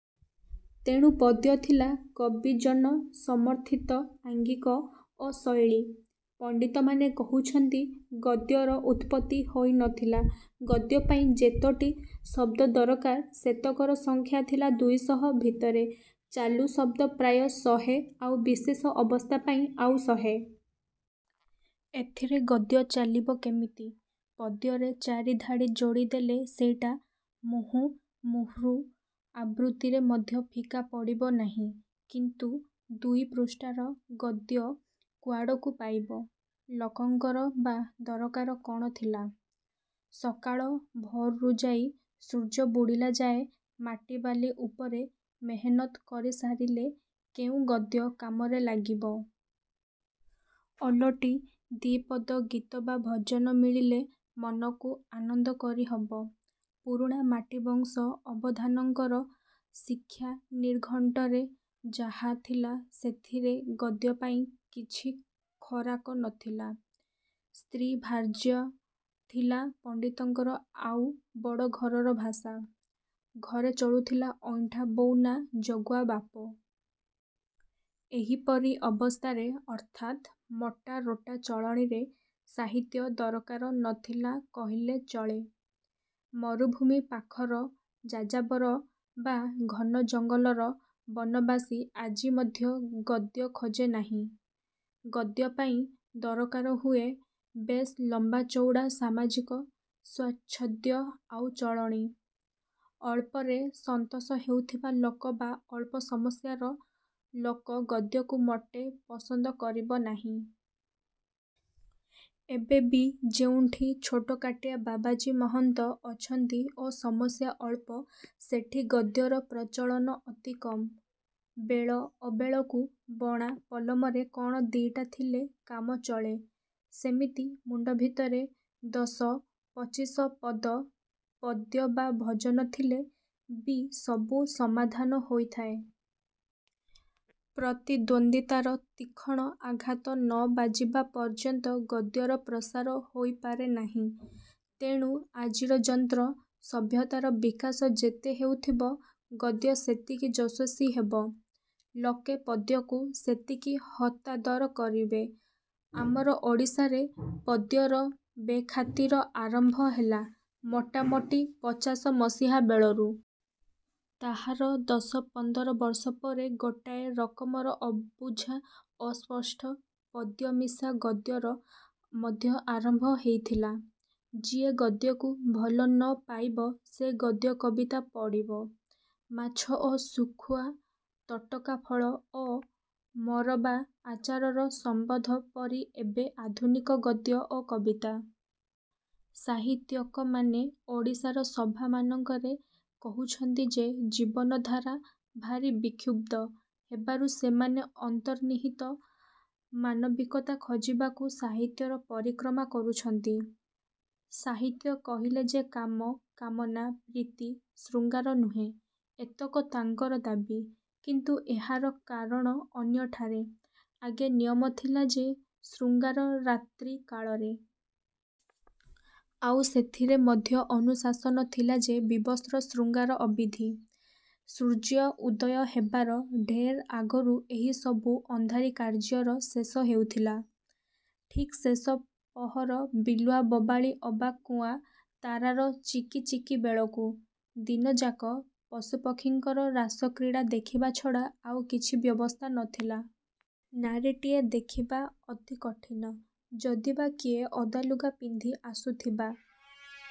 ତେଣୁ ପଦ୍ୟ ଥିଲା କବିଜନ ସମର୍ଥିତ ଆଙ୍ଗିକ ଓ ଶୈଳୀ। ପଣ୍ତିତମାନେ କହୁଛନ୍ତି ଗଦ୍ୟର ଉତ୍ପତ୍ତି ହୋଇ ନଥିଲା। ଗଦ୍ୟ ପାଇଁ ଯେତୋଟି ଶଦ୍ଦ ଦରକାର ସେତକର ସଂଖ୍ୟା ଥିଲା ଦୁଇଶହ ଭିତରେ-ଚାଲୁ ଶଦ୍ଦ ପ୍ରାୟ ଶହେ ଆଉ ବିଶେଷ ଅବସ୍ଥା ପାଇଁ ଆଉ ଶହେ। ଏଥିରେ ଗଦ୍ୟ ଚାଲିବ କେମିତି? ପଦ୍ୟରେ ଚାରିଧାଡ଼ି ଯୋଡ଼ି ଦେଲେ ସେଇଟା ମୂହୁର୍ମୂହୁ ଆବୃତ୍ତିରେ ମଧ୍ୟ ଫିକା ପଡ଼ିବ ନାହିଁ। କିନ୍ତୁ ଦୁଇ ପୃଷ୍ଠାର ଗଦ୍ୟ କୁଆଡ଼କୁ ପାଇବ? ଲୋକଙ୍କର ବା ଦରକାର କ'ଣ ଥିଲା? ସକାଳ ଭୋରରୁ ଯାଇ ସୂର୍ଯ୍ୟ ବୁଡ଼ିଲା ଯାଏ ମାଟି ବାଲି ଉପରେ ମେହନତ କରି ସାରିଲେ କେଉଁ ଗଦ୍ୟ କାମରେ ଲାଗିବ? ଓଲଟି ଦି'ପଦ ଗୀତ ବା ଭଜନ ମିଳିଲେ ମନକୁ ଆନନ୍ଦ କରି ହବ। ପୁରୁଣା ମାଟିବଂଶ ଅବଧାନଙ୍କର ଶିକ୍ଷା ନିର୍ଘଣ୍ଟରେ ଯାହା ଥିଲା ସେଥିରେ ଗଦ୍ୟ ପାଇଁ କିଛି ଖୋରାକ ନଥିଲା। ସ୍ତ୍ରୀ ଭାର୍ଯ୍ୟା ଥିଲା ପଣ୍ତିତଙ୍କର ଆଉ ବଡ଼ ଘରର ଭାଷା। ଘରେ ଚଳୁଥିଲା ଅଇଁଠା ବୋଉ ନା ଜଗୁଆ ବାପ। ଏହିପରି ଅବସ୍ଥାରେ ଅର୍ଥାତ୍ ମୋଟା ରୋଟା ଚଳଣୀରେ ସାହିତ୍ୟ ଦରକାର ନଥିଲା କହିଲେ ଚଳେ। ମରୁଭୂମି ପାଖର ଯାଯାବର ବା ଘନ ଜଙ୍ଗଲର ବନବାସୀ ଆଜି ମଧ୍ୟ ଗଦ୍ୟ ଖୋଜେ ନାହିଁ। ଗଦ୍ୟପାଇଁ ଦରକାର ହୁଏ ବେଶ୍ ଲମ୍ୱାଚଉଡ଼ା ସାମାଜିକ ସ୍ୱାଚ୍ଛନ୍ଦ୍ୟ ଆଉ ଚଳଣୀ। ଅଳ୍ପରେ ସନ୍ତୋଷ ହେଉଥିବା ଲୋକ ବା ଅଳ୍ପ ସମସ୍ୟାର ଲୋକ ଗଦ୍ୟକୁ ମୋଟେ ପସନ୍ଦ କରିବ ନାହିଁ। ଏବେ ବି ଯେଉଁଠି ଛୋଟକାଟିଆ ବାବାଜୀ ମହନ୍ତ ଅଛନ୍ତି ଓ ସମସ୍ୟା ଅଳ୍ପ ସେଠି ଗଦ୍ୟର ପ୍ରଚଳନ ଅତି କମ୍। ବେଳ ଅବେଳକୁ ବଣା ପଲମରେ କ'ଣ ଦି'ଟା ଥିଲେ କାମ ଚଳେ, ସେମିତି ମୁଣ୍ତଭିତରେ ଦଶ ପଚିଶପଦ ପଦ୍ୟ ବା ଭଜନ ଥିଲେ ବି ସବୁ ସମାଧାନ ହୋଇଥାଏ। ପ୍ରତିଦ୍ୱନ୍ଦ୍ୱିତାର ତୀକ୍ଷଣ ଆଘାତ ନ ବାଜିବା ପର୍ଯ୍ୟନ୍ତ ଗଦ୍ୟର ପ୍ରସାର ହୋଇପାରେ ନାହିଁ-। ତେଣୁ ଆଜିର ଯନ୍ତ୍ର-ସଭ୍ୟତାର ବିକାଶ ଯେତେ ହେଉଥିବ ଗଦ୍ୟ ସେତିକି ଯଶସ୍ୱୀ ହେବ-। ଲୋକେ ପଦ୍ୟକୁ ସେତିକି ହତାଦର କରିବେ। ଆମର ଓଡ଼ିଶାରେ ପଦ୍ୟର ବେଖାତିର ଆରମ୍ଭ ହେଲା ମୋଟାମୋଟି ପଚାଶମସିହା ବେଳରୁ। ତାହାର ଦଶ ପନ୍ଦରବର୍ଷ ପରେ ଗୋଟାଏ ରକମର ଅବୁଝା ଅସ୍ପଷ୍ଟ ପଦ୍ୟମିଶା ଗଦ୍ୟର ମଧ୍ୟ ଆରମ୍ଭ ହେଇଥିଲା। ଯିଏ ଗଦ୍ୟକୁ ଭଲ ନ ପାଇବ ସେ ଗଦ୍ୟକବିତା ପଢ଼ିବ। ମାଛ ଓ ଶୁଖୁଆ, ତଟକା ଫଳ ଓ ମୋରବା ଆଚାରର ସମ୍ୱନ୍ଧ ପରି ଏବେ ଆଧୁନିକ ଗଦ୍ୟ ଓ କବିତା। ସାହିତ୍ୟିକମାନେ ଓଡ଼ିଶାର ସଭାମାନଙ୍କରେ କହୁଛନ୍ତି ଯେ ଜୀବନଧାରା ଭାରି ବିକ୍ଷୁବ୍ଧ ହେବାରୁ ସେମାନେ ଅନ୍ତର୍ନିହିତ ମାନବିକତା ଖୋଜିବାକୁ ସାହିତ୍ୟର ପରିକ୍ରମା କରୁଛନ୍ତି। ସାହିତ୍ୟ କହିଲେ ଯେ କାମ, କାମନା, ପ୍ରୀତି, ଶୃଙ୍ଗାର ନୁହେଁ-ଏତକ ତାଙ୍କର ଦାବୀ। କିନ୍ତୁ ଏହାର କାରଣ ଅନ୍ୟଠାରେ। ଆଗେ ନିୟମ ଥିଲା ଯେ ଶୃଙ୍ଗାର ରାତ୍ରି କାଳରେ। ଆଉ ସେଥିରେ ମଧ୍ୟ ଅନୁଶାସନ ଥିଲା ଯେ ବିବସ୍ତ୍ର ଶୃଙ୍ଗାର ଅବିଧି। ସୂର୍ଯ୍ୟ ଉଦୟ ହେବାର ଢେର ଆଗରୁ ଏହି ସବୁ ଅନ୍ଧାରି କାର୍ଯ୍ୟର ଶେଷ ହେଉଥିଲା-ଠିକ୍ ଶେଷ ପହର ବିଲୁଆ ବୋବାଳି ଅବା କୁଆଁ ତାରାର ଚିକିଚିକି ବେଳକୁ। ଦିନଯାକ ପଶୁପକ୍ଷୀଙ୍କର ରାସକ୍ରୀଡ଼ା ଦେଖିବା ଛଡ଼ା ଆଉ କିଛି ବ୍ୟବସ୍ଥା ନ ଥିଲା। ନାରୀଟିଏ ଦେଖିବା ଅତି କଠିନ। ଯଦି ବା କିଏ ଓଦାଲୁଗା ପିନ୍ଧି ଆସୁଥିବା